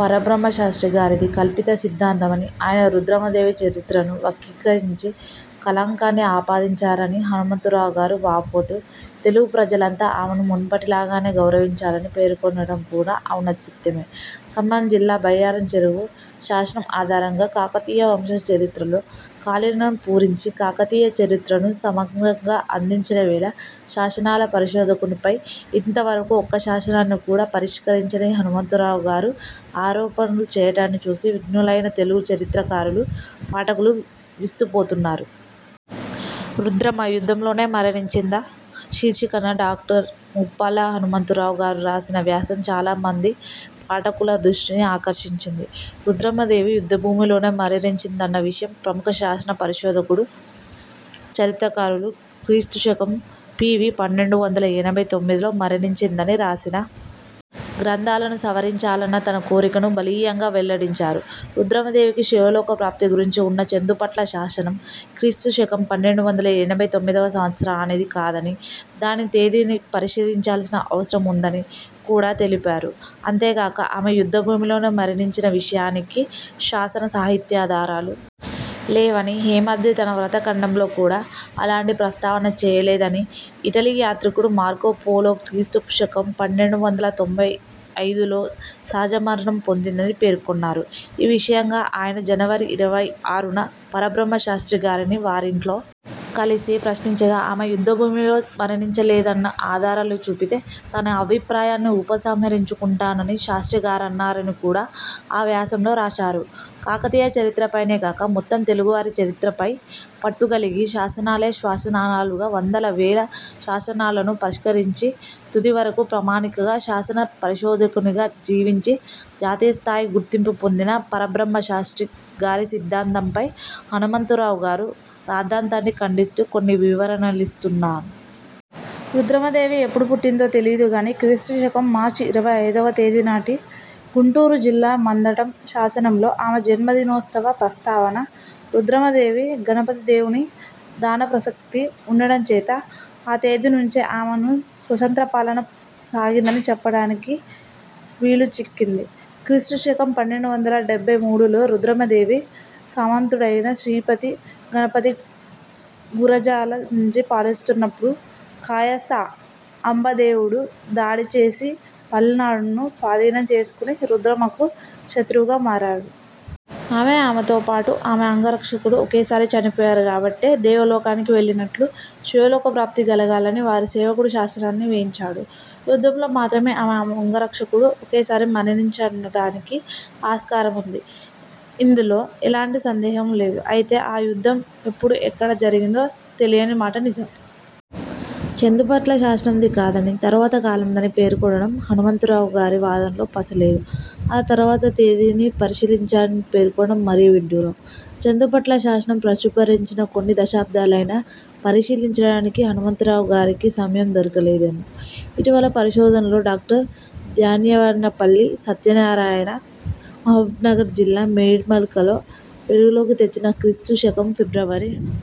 పరబ్రహ్మ శాస్త్రి గారిది కల్పిత సిద్ధాంతమనీ, ఆయన రుద్రమదేవి చరిత్రను వక్రీకరించి, కళంకాన్ని ఆపాదించారని హనుమంతరావు గారు వాపోతూ, తెలుగు ప్రజలంతా ఆమెను మునుపటిలాగానే గౌరవించాలని పేర్కొనటం కూడా అనౌచిత్యమే. ఖమ్మం జిల్లా బయ్యారం చెరువు శాసనం ఆధారంగా, కాకతీయ వంశ చరిత్రలో ఖాళీలను పూరించి, కాకతీయ చరిత్రను సమగ్రంగా అందించిన వేల శాసనాల పరిశోధకునిపై, ఇంతవరకూ ఒక్క శాసనాన్ని కూడా పరిష్కరించని హనుమంతరావు గారు ఆరోపణలు చేయటాన్ని చూసి విజ్ఞులైన తెలుగు చరిత్రకారులు, పాఠకులు విస్తుపోతున్నారు. 'రుద్రమ యుద్ధంలోనే మరణించిందా? ' శీర్షికన డాక్టర్ ముప్పాళ్ల హనుమంతరావు గారు రాసిన వ్యాసం చాలామంది పాఠకుల దృష్టిని ఆకర్షించింది. రుద్రమదేవి, యుద్ధభూమిలో మరణించిందన్న విషయం ప్రముఖ శాసన పరిశోధకులు, చరిత్రకారులు క్రీస్తు శకం పి. వి. పన్నెండు వందల ఎనభై తొమ్మిదిలో మరణించిందని రాసిన గ్రంథాలను సవరించాలన్న తన కోరికను బలీయంగా వెల్లడించారు రుద్రమదేవికి శివలోకప్రాప్తి గురించి ఉన్న చందుపట్ల శాసనం క్రీస్తు శకం పన్నెండు వందల ఎనభై తొమ్మిదివ సంవత్సరానిది కాదనీ, దాని తేదీని పరిశీలించాల్సిన అవసరముందని కూడా తెలిపారు అంతేకాక ఆమె యుద్ధభూమిలో మరణించిన విషయానికి శాసన, సాహిత్యాధారాలు లేవనీ, హేమాద్రి తన వ్రత ఖండంలో కూడా అలాంటి ప్రస్తావన చేయలేదనీ, ఇటలీ యాత్రికుడు మార్కో పోలో క్రీస్తు శకం పన్నెండు వందల తొంభై ఐదులో సహజ మరణం పొందిందని పేర్కొన్నారు ఈ విషయంగా ఆయన, జనవరి ఇరవై ఆరున పరబ్రహ్మ శాస్ర్తి గారిని వారింట్లో కలిసి, ప్రశ్నించగా, ఆమె యుద్ధభూమిలో మరణించ లేదన్న ఆధారాలు చూపితే తన అభిప్రాయాన్ని ఉపసంహరించు కుంటానని శాస్ర్తి గారన్నారని కూడా ఆ వ్యాసంలో రాశారు కాకతీయ చరిత్రపైనే కాక, మొత్తం తెలుగువారి చరిత్రపై పట్టుగలిగి, శాసనాలే శ్వాసనాళాలుగా, వందల, వేల శాసనాలను పరిష్కరించి, తుదివరకూ ప్రామాణిక శాసన పరిశోధకునిగా జీవించి, జాతీయస్థాయి గుర్తింపు పొందిన పరబ్రహ్మశాస్ర్తి గారి సిద్ధాంతంపై, హనుమంతరావు గారు రాద్ధాంతాన్ని ఖండిస్తూ, కొన్ని వివరణలనిస్తున్నా రుద్రమదేవి ఎప్పుడు పుట్టిందో తెలియదు గానీ, క్రీస్తు శకం మార్చి ఇరవై ఐదువ తేదీనాటి గుంటూరు జిల్లా మందడం శాసనంలో, ఆమె జన్మదినోత్సవ ప్రస్తావన, రుద్రమదేవి, గణపతిదేవుని దానప్రసక్తి ఉండటం చేత, ఆ తేదీ నుంచే ఆమెను స్వతంత్ర పాలన సాగిందని చెప్పటానికి వీలుచిక్కింది. క్రీస్తు శకం పన్నెండు వందల డెబ్బై మూడులో రుద్రమదేవి సామంతుడైన శ్రీపతి గణపతి గురజాల నుంచి పాలిస్తున్నపుడు, కాయస్త అంబదేవుడు దాడిచేసి పల్నాడును స్వాధీనం చేసుకొని రుద్రమకు శత్రువుగా మారాడు. ఆమె, ఆమెతో పాటు ఆమె అంగరక్షకుడు ఒకేసారి చనిపోయారు గాబట్టే, దేవలోకానికి వెళ్లినట్లు, శివలోక ప్రాప్తి కలగాలని వారి సేవకుడు శాసనాన్ని వేయించాడు. యుద్ధంలో మాత్రమే ఆమె, ఆమె అంగరక్షకుడూ ఒకేసారి మరణించటానికి ఆస్కారముంది. ఇందులో ఎలాంటి సందేహమూ లేదు. అయితే, ఆ యుద్ధం, ఎప్పుడు, ఎక్కడ జరిగిందో తెలియని మాట నిజం. చందుపట్ల శాసనం ది కాదనీ, తరువాతి కాలందనీ పేర్కొనటం హనుమంతరావు గారి వాదనలో పస లేదు. ఆ తేదీని పరిశీలించాలని పేర్కొనటం మరీ విడ్డూరం. చందుపట్ల శాసనం ప్రచురించబడిన కొన్ని దశాబ్దాలైనా, పరిశీలించటానికి హనుమంతరావు గారికి సమయం దొరకలేదేమో! ఇటీవలి పరిశోధనలో డాక్టర్ ద్యావనపల్లి సత్యనారాయణ, మహబూబ్నగర్ జిల్లా మేడిమల్కల్లో వెలుగులోకి తెచ్చిన, క్రీస్తు శకం ఫిబ్రవరి